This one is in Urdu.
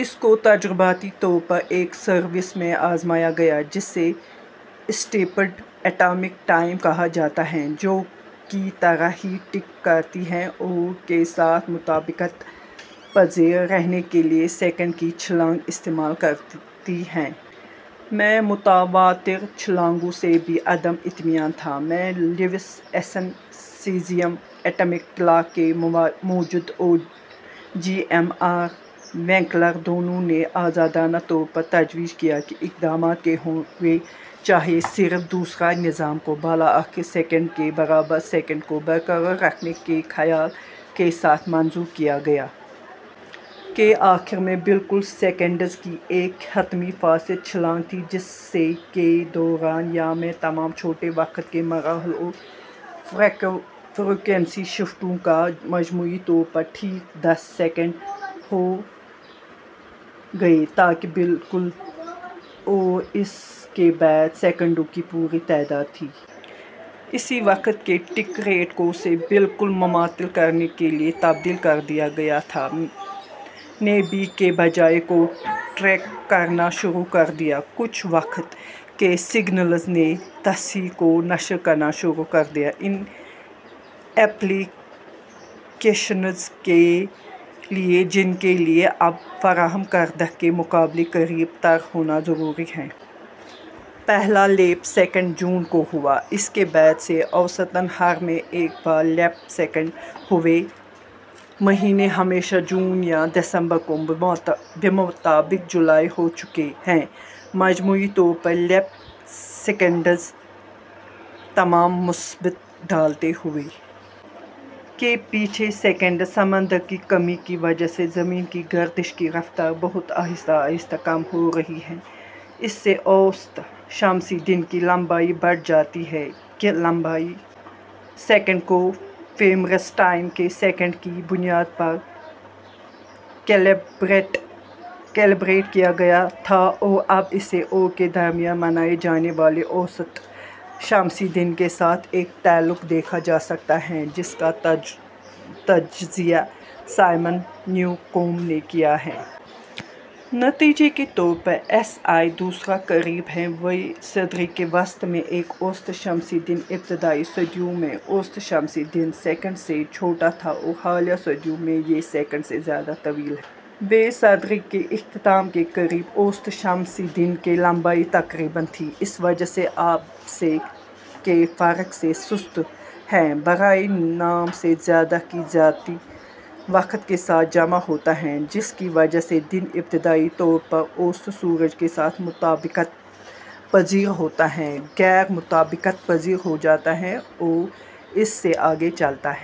اس کو تجرباتی طور پر ایک سروس میں آزمایا گیا جسے "اسٹیپڈ اٹامک ٹائم" کہا جاتا ہے، جو کی طرح ہی ٹک کرتی ہے اور کے ساتھ مطابقت پزیر رہنے کے لیے سیکنڈ کی چھلانگ استعمال کرتی ہے۔ ۔ میں متواتر چھلانگوں سے بھی عدم اطمینان تھا۔ میں، Louis Essen, caesium atomic clock کے موجد اور جی۔ ایم۔ آر ونکلر دونوں نے آزادانہ طور پر تجویز کیا کہ اقدامات کے ہونے چاہئیں صرف دوسرا اس نظام کو بالآخر سیکنڈ کے برابر سیکنڈ کو برقرار رکھنے کے خیال کے ساتھ منظور کیا گیا۔ کے آخر میں، بالکل. سیکنڈز کی ایک حتمی فاسد چھلانگ تھی، جس سے کے دوران یا میں تمام چھوٹے وقت کے مراحل اور فریکوئنسی شفٹوں کا مجموعی طور پر ٹھیک دس سیکنڈ ہو گئے، تاکہ بالکل، اور اس کے بعد سیکنڈوں کی پوری تعداد تھی۔ اسی وقت، کی ٹک ریٹ کو سے بالکل مماثل کرنے کے لیے تبدیل کر دیا گیا تھا۔ نے بھی کی بجائے کو ٹریک کرنا شروع کر دیا۔ کچھ وقت کے سگنلز نے تصحیح کو نشر کرنا شروع کر دیا ان ایپلی کیشنز کے لیے جن کے لیے اب فراہم کردہ کے مقابلے کا قریب تر ہونا ضروری ہے۔ پہلا لیپ سیکنڈ جون کو ہوا۔ اس کے بعد سے، اوسطاً ہر میں ایک بار لیپ سیکنڈز ہوئے ہیں۔ مہینے، ہمیشہ جون یا دسمبر کو۔ بمطابق جولائی ، ہو چکے ہیں۔ مجموعی طور پر لیپ سیکنڈز، تمام مثبت، ڈالتے ہوئے۔ کے پیچھے سیکنڈ۔ سمندر کی کمی کی وجہ سے زمین کی گردش کی رفتار بہت آہستہ آہستہ کم ہو رہی ہے۔ اس سے اوسط شمسی دن کی لمبائی بڑھ جاتی ہے۔ کی لمبائی سیکنڈ کو فیمیرس ٹائم کے سیکنڈ کی بنیاد پر کیلیبریٹ کیا گیا تھا اور اب اسے اور کے درمیان منائے جانے والے اوسط شمسی دن کے ساتھ ایک تعلق دیکھا جا سکتا ہے، جس کا تجزیہ سائمن نیوکومب نے کیا ہے۔ نتیجے کے طور پر، ایس آئی دوسرا قریب ہے / ویں صدی کے وسط میں ایک اوسط شمسی دن ابتدائی صدیوں میں، اوسط شمسی دن سیکنڈ سے چھوٹا تھا اور حالیہ صدیوں میں یہ سیکنڈ سے زیادہ طویل ہے۔ ویں صدی کے اختتام کے قریب، اوسط شمسی دن کی لمبائی تقریباً تھی۔ اس وجہ سے، اب سے کے فرق سے "سست" ہے۔ / برائے نام سے زیادہ کی زیادتی وقت کے ساتھ جمع ہوتا ہے، جس کی وجہ سے دن، ابتدائی طور پر اوسط سورج کے ساتھ مطابقت پزیر ہوتا ہے، غیر مطابقت پزیر ہو جاتا ہے اور اس سے آگے چلتا ہے۔